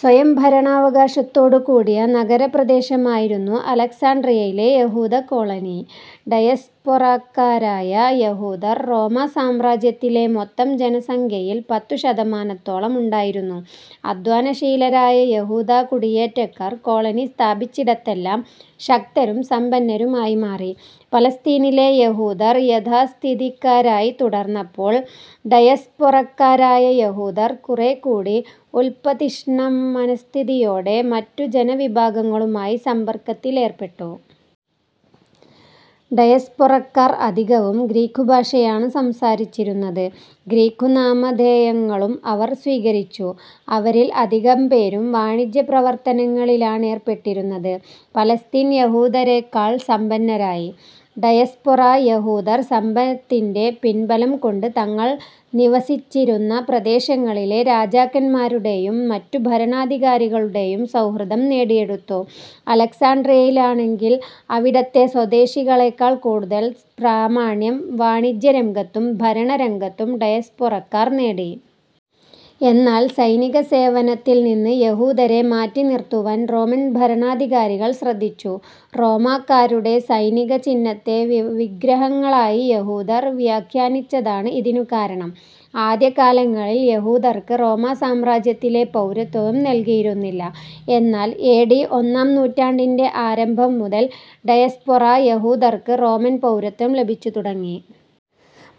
സ്വയംഭരണാവകാശത്തോടുകൂടിയ നഗരപ്രദേശമായിരുന്നു അലക്സാൻഡ്രിയയിലെ യഹൂദ കോളനി. ഡയസ്പൊറക്കാരായ യഹൂദർ റോമാ സാമ്രാജ്യത്തിലെ മൊത്തം ജനസംഖ്യയിൽ പത്തുശതമാനത്തോളം ഉണ്ടായിരുന്നു. അധ്വാനശീലരായ യഹൂദ കുടിയേറ്റക്കാർ കോളനി സ്ഥാപിച്ചിടത്തെല്ലാം ശക്തരും സമ്പന്നരും ആയി മാറി. പാലസ്തീനിലെ യഹൂദർ യാഥാസ്ഥിതികരായി തുടർന്നപ്പോൾ ഡയസ്പൊറക്കാരായ യഹൂദർ കുറേക്കൂടി ഉത്പതിഷ്ണമനസ്ഥിതിയോടെ മറ്റു ജനവിഭാഗങ്ങളുമായി സമ്പർക്കത്തിലേർപ്പെട്ടു. ഡയസ്പൊറക്കാർ അധികവും ഗ്രീക്കുഭാഷയാണു സംസാരിച്ചിരുന്നത്. ഗ്രീക്കു നാമധേയങ്ങളും അവർ സ്വീകരിച്ചു. അവരിൽ അധികംപേരും വാണിജ്യപ്രവർത്തനങ്ങളിലാണേർപ്പെട്ടിരുന്നത്. പലസ്തീൻ യഹൂദരെക്കാൾ സമ്പന്നരായി. ഡയസ്പൊറ യഹൂദർ സമ്പത്തിന്റെ പിൻബലം കൊണ്ട് തങ്ങൾ നിവസിച്ചിരുന്ന പ്രദേശങ്ങളിലെ രാജാക്കന്മാരുടേയും മറ്റു ഭരണാധികാരികളുടേയും സൗഹൃദം നേടിയെടുത്തു. അലക്സാൻഡ്രിയയിലാണെങ്കിൽ അവിടത്തെ സ്വദേശികളെക്കാൾ കൂടുതൽ പ്രാമാണ്യം വാണിജ്യരംഗത്തും ഭരണരംഗത്തും ഡയസ്പൊറക്കാർ നേടി. എന്നാൽ സൈനികസേവനത്തിൽ നിന്ന് യഹൂദരെ മാറ്റി നിർത്തുവാൻ റോമൻ ഭരണാധികാരികൾ ശ്രദ്ധിച്ചു. റോമാക്കാരുടെ സൈനിക ചിഹ്നത്തെ വിഗ്രഹങ്ങളായി യഹൂദർ വ്യാഖാനിച്ചതാണ് ഇതിനു കാരണം. ആദ്യകാലങ്ങളിൽ യഹൂദർക്ക് റോമാസാമ്രാജ്യത്തിലെ പൗരത്വവും നൽകിയിരുന്നില്ല. എന്നാൽ ഏ. ഡി. ഒന്നാം നൂറ്റാണ്ടിന്റെ ആരംഭം മുതൽ ഡയസ്പൊറ യഹൂദർക്ക് റോമൻ പൗരത്വം ലഭിച്ചു തുടങ്ങി.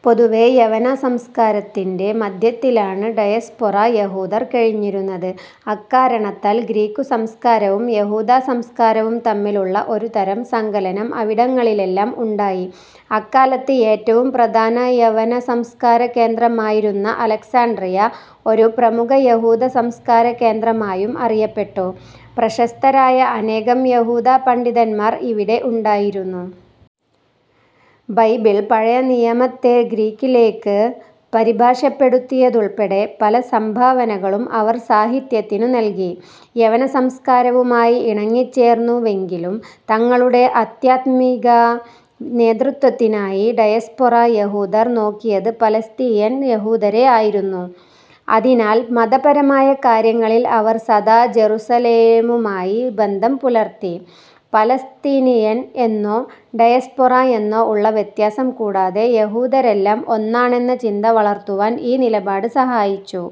പൊതുവേ യവന സംസ്കാരത്തിന്റെ മധ്യത്തിലാണ് ഡയസ്പൊറ യഹൂദർ കഴിഞ്ഞിരുന്നത്. അക്കാരണത്താൽ ഗ്രീക്കു സംസ്കാരവും യഹൂദസംസ്കാരവും തമ്മിലുള്ള ഒരു തരം സങ്കലനം അവിടങ്ങളിലെല്ലാം ഉണ്ടായി. അക്കാലത്ത് ഏറ്റവും പ്രധാന യവന സംസ്കാര കേന്ദ്രമായിരുന്ന അലക്സാൻഡ്രിയ, ഒരു പ്രമുഖ യഹൂദ സംസ്കാര കേന്ദ്രമായും അറിയപ്പെട്ടു. പ്രശസ്തരായ അനേകം യഹൂദപണ്ഡിതന്മാർ ഇവിടെ ഉണ്ടായിരുന്നു. ബൈബിൾ പഴയ നിയമത്തെ ഗ്രീക്കിലേക്ക് പരിഭാഷപ്പെടുത്തിയതുൾപ്പെടെ പല സംഭാവനകളും അവർ സാഹിത്യത്തിനു നൽകി. യവന സംസ്കാരവുമായി ഇണങ്ങിച്ചേർന്നുവെങ്കിലും തങ്ങളുടെ ആധ്യാത്മിക നേതൃത്വത്തിനായി ഡയസ്പൊറ യഹൂദർ നോക്കിയത് പലസ്തീനിയൻ യഹൂദരെ ആയിരുന്നു. അതിനാൽ, മതപരമായ കാര്യങ്ങളിൽ അവർ സദാ ജെറുസലേമുമായി ബന്ധം പുലർത്തി. പലസ്തീനിയൻ എന്നോ ഡയസ്പൊറ എന്നോ ഉള്ള വ്യത്യാസം കൂടാതെ, യഹൂദരെല്ലാം ഒന്നാണെന്ന ചിന്ത വളർത്തുവാൻ ഈ നിലപാട് സഹായിച്ചു.